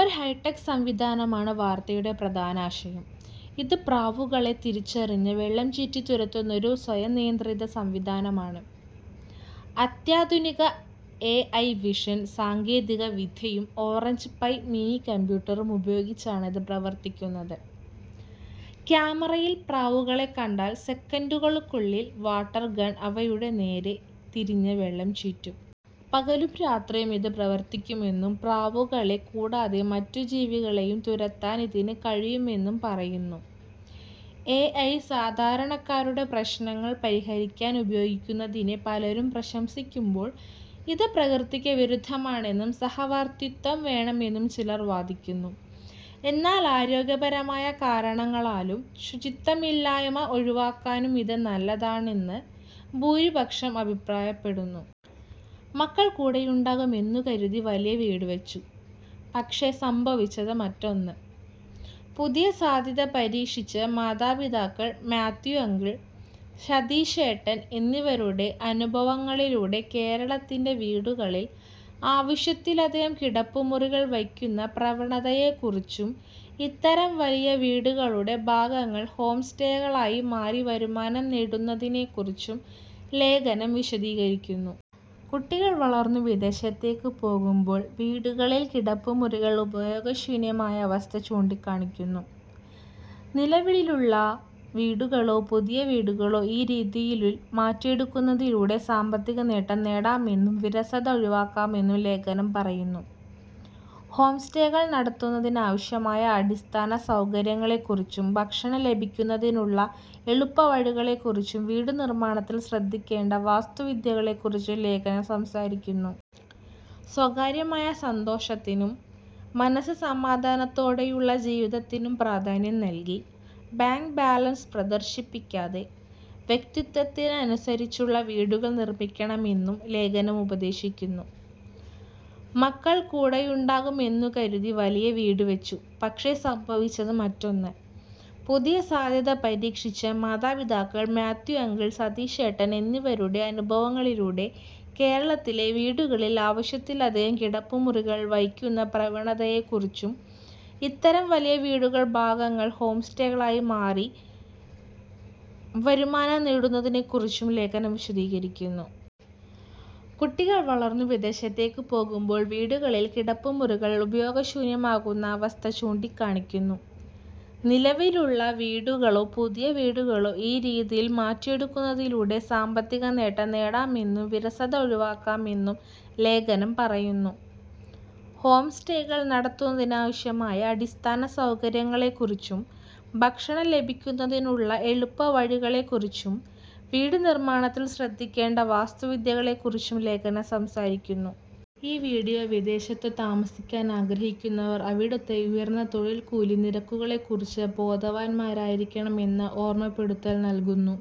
ഒരു ഹൈടെക് സംവിധാനമാണ് വാർത്തയുടെ പ്രധാന ആശയം. ഇത് പ്രാവുകളെ തിരിച്ചറിഞ്ഞ് വെള്ളം ചീറ്റി തുരത്തുന്ന ഒരു സ്വയംനിയന്ത്രിത സംവിധാനമാണ്. അത്യാധുനിക എഐ വിഷൻ സാങ്കേതികവിദ്യയും ഓറഞ്ച് പൈ മിനി കമ്പ്യൂട്ടറും ഉപയോഗിച്ചാണ് ഇത് പ്രവർത്തിക്കുന്നത്. ക്യാമറയിൽ പ്രാവുകളെ കണ്ടാൽ സെക്കൻഡുകൾക്കുള്ളിൽ വാട്ടർ ഗൺ അവയുടെ നേരെ തിരിഞ്ഞ് വെള്ളം ചീറ്റും. പകലും രാത്രിയും ഇത് പ്രവർത്തിക്കുമെന്നും, പ്രാവുകളെ കൂടാതെ മറ്റ് ജീവികളെയും തുരത്താൻ ഇതിന് കഴിയും എന്നും പറയുന്നു. എഐ സാധാരണക്കാരുടെ പ്രശ്നങ്ങൾ പരിഹരിക്കാൻ ഉപയോഗിക്കുന്നതിനെ പലരും പ്രശംസിക്കുമ്പോൾ, ഇത് പ്രകൃതിക്ക് വിരുദ്ധമാണെന്നും സഹവർത്തിത്വം വേണമെന്നും ചിലർ വാദിക്കുന്നു. എന്നാൽ ആരോഗ്യപരമായ കാരണങ്ങളാലും ശുചിത്വമില്ലായ്മ ഒഴിവാക്കാനും ഇത് നല്ലതാണെന്ന് ഭൂരിപക്ഷം അഭിപ്രായപ്പെടുന്നു. മക്കൾ കൂടെയുണ്ടാകും എന്നുകരുതി വലിയ വീട് വച്ചു; പക്ഷേ സംഭവിച്ചത് മറ്റൊന്ന്; പുതിയ സാധ്യത പരീക്ഷിച്ച് മാതാപിതാക്കൾ മാത്യു അങ്കിൾ, സതീശേട്ടൻ എന്നിവരുടെ അനുഭവങ്ങളിലൂടെ, കേരളത്തിലെ വീടുകളിൽ ആവശ്യത്തിലധികം കിടപ്പുമുറികൾ വയ്ക്കുന്ന പ്രവണതയെക്കുറിച്ചും, ഇത്തരം വലിയ വീടുകളുടെ ഭാഗങ്ങൾ ഹോംസ്റ്റേകളായി മാറ്റി വരുമാനം നേടുന്നതിനെക്കുറിച്ചും ലേഖനം വിശദീകരിക്കുന്നു. കുട്ടികൾ വളർന്നു വിദേശത്തേക്ക് പോകുമ്പോൾ വീടുകളിൽ കിടപ്പുമുറികൾ ഉപയോഗശൂന്യമാകുന്ന അവസ്ഥ ചൂണ്ടിക്കാണിക്കുന്നു. നിലവിലുള്ള വീടുകളോ പുതിയ വീടുകളോ ഈ രീതിയിൽ മാറ്റിയെടുക്കുന്നതിലൂടെ സാമ്പത്തിക നേട്ടം നേടാമെന്നും, വിരസത ഒഴിവാക്കാമെന്നും ലേഖനം പറയുന്നു. ഹോംസ്റ്റേകൾ നടത്തുന്നതിന് ആവശ്യമായ അടിസ്ഥാന സൗകര്യങ്ങളെക്കുറിച്ചും, ഭക്ഷണം ലഭ്യമാക്കുന്നതിനുള്ള എളുപ്പവഴികളെക്കുറിച്ചും, വീട് നിർമ്മാണത്തിൽ ശ്രദ്ധിക്കേണ്ട വാസ്തുവിദ്യകളെക്കുറിച്ചും ലേഖനം സംസാരിക്കുന്നു. സ്വകാര്യമായ സന്തോഷത്തിനും മനസ്സ് സമാധാനത്തോടെയുള്ള ജീവിതത്തിനും പ്രാധാന്യം നൽകി, ബാങ്ക് ബാലൻസ് പ്രദർശിപ്പിക്കാതെ, വ്യക്തിത്വത്തിന് അനുസരിച്ചുള്ള വീടുകൾ നിർമ്മിക്കണമെന്നും ലേഖനം ഉപദേശിക്കുന്നു. മക്കൾ കൂടെയുണ്ടാകും എന്നുകരുതി വലിയ വീട് വച്ചു; പക്ഷേ സംഭവിച്ചത് മറ്റൊന്ന്; പുതിയ സാധ്യത പരീക്ഷിച്ച് മാതാപിതാക്കൾ മാത്യു അങ്കിൾ, സതീശേട്ടൻ എന്നിവരുടെ അനുഭവങ്ങളിലൂടെ, കേരളത്തിലെ വീടുകളിൽ ആവശ്യത്തിലധികം കിടപ്പുമുറികൾ വയ്ക്കുന്ന പ്രവണതയെക്കുറിച്ചും, ഇത്തരം വലിയ വീടുകളുടെ ഭാഗങ്ങൾ ഹോംസ്റ്റേകളായി മാറ്റി വരുമാനം നേടുന്നതിനെക്കുറിച്ചും ലേഖനം വിശദീകരിക്കുന്നു. കുട്ടികൾ വളർന്നു വിദേശത്തേക്ക് പോകുമ്പോൾ വീടുകളിൽ കിടപ്പുമുറികൾ ഉപയോഗശൂന്യമാകുന്ന അവസ്ഥ ചൂണ്ടിക്കാണിക്കുന്നു. നിലവിലുള്ള വീടുകളോ പുതിയ വീടുകളോ ഈ രീതിയിൽ മാറ്റിയെടുക്കുന്നതിലൂടെ സാമ്പത്തിക നേട്ടം നേടാമെന്നും, വിരസത ഒഴിവാക്കാമെന്നും ലേഖനം പറയുന്നു. ഹോംസ്റ്റേകൾ നടത്തുന്നതിന് ആവശ്യമായ അടിസ്ഥാന സൗകര്യങ്ങളെക്കുറിച്ചും, ഭക്ഷണം ലഭ്യമാക്കുന്നതിനുള്ള എളുപ്പവഴികളെക്കുറിച്ചും, വീട് നിർമ്മാണത്തിൽ ശ്രദ്ധിക്കേണ്ട വാസ്തുവിദ്യകളെക്കുറിച്ചും ലേഖനം സംസാരിക്കുന്നു. ഈ വിഡിയോ വിദേശത്ത് താമസിക്കാൻ ആഗ്രഹിക്കുന്നവർ അവിടുത്തെ ഉയർന്ന തൊഴിൽക്കൂലി നിരക്കുകളെക്കുറിച്ച് ബോധവാന്മാരായിരിക്കണം എന്ന ഓർമപ്പെടുത്തൽ നൽകുന്നു.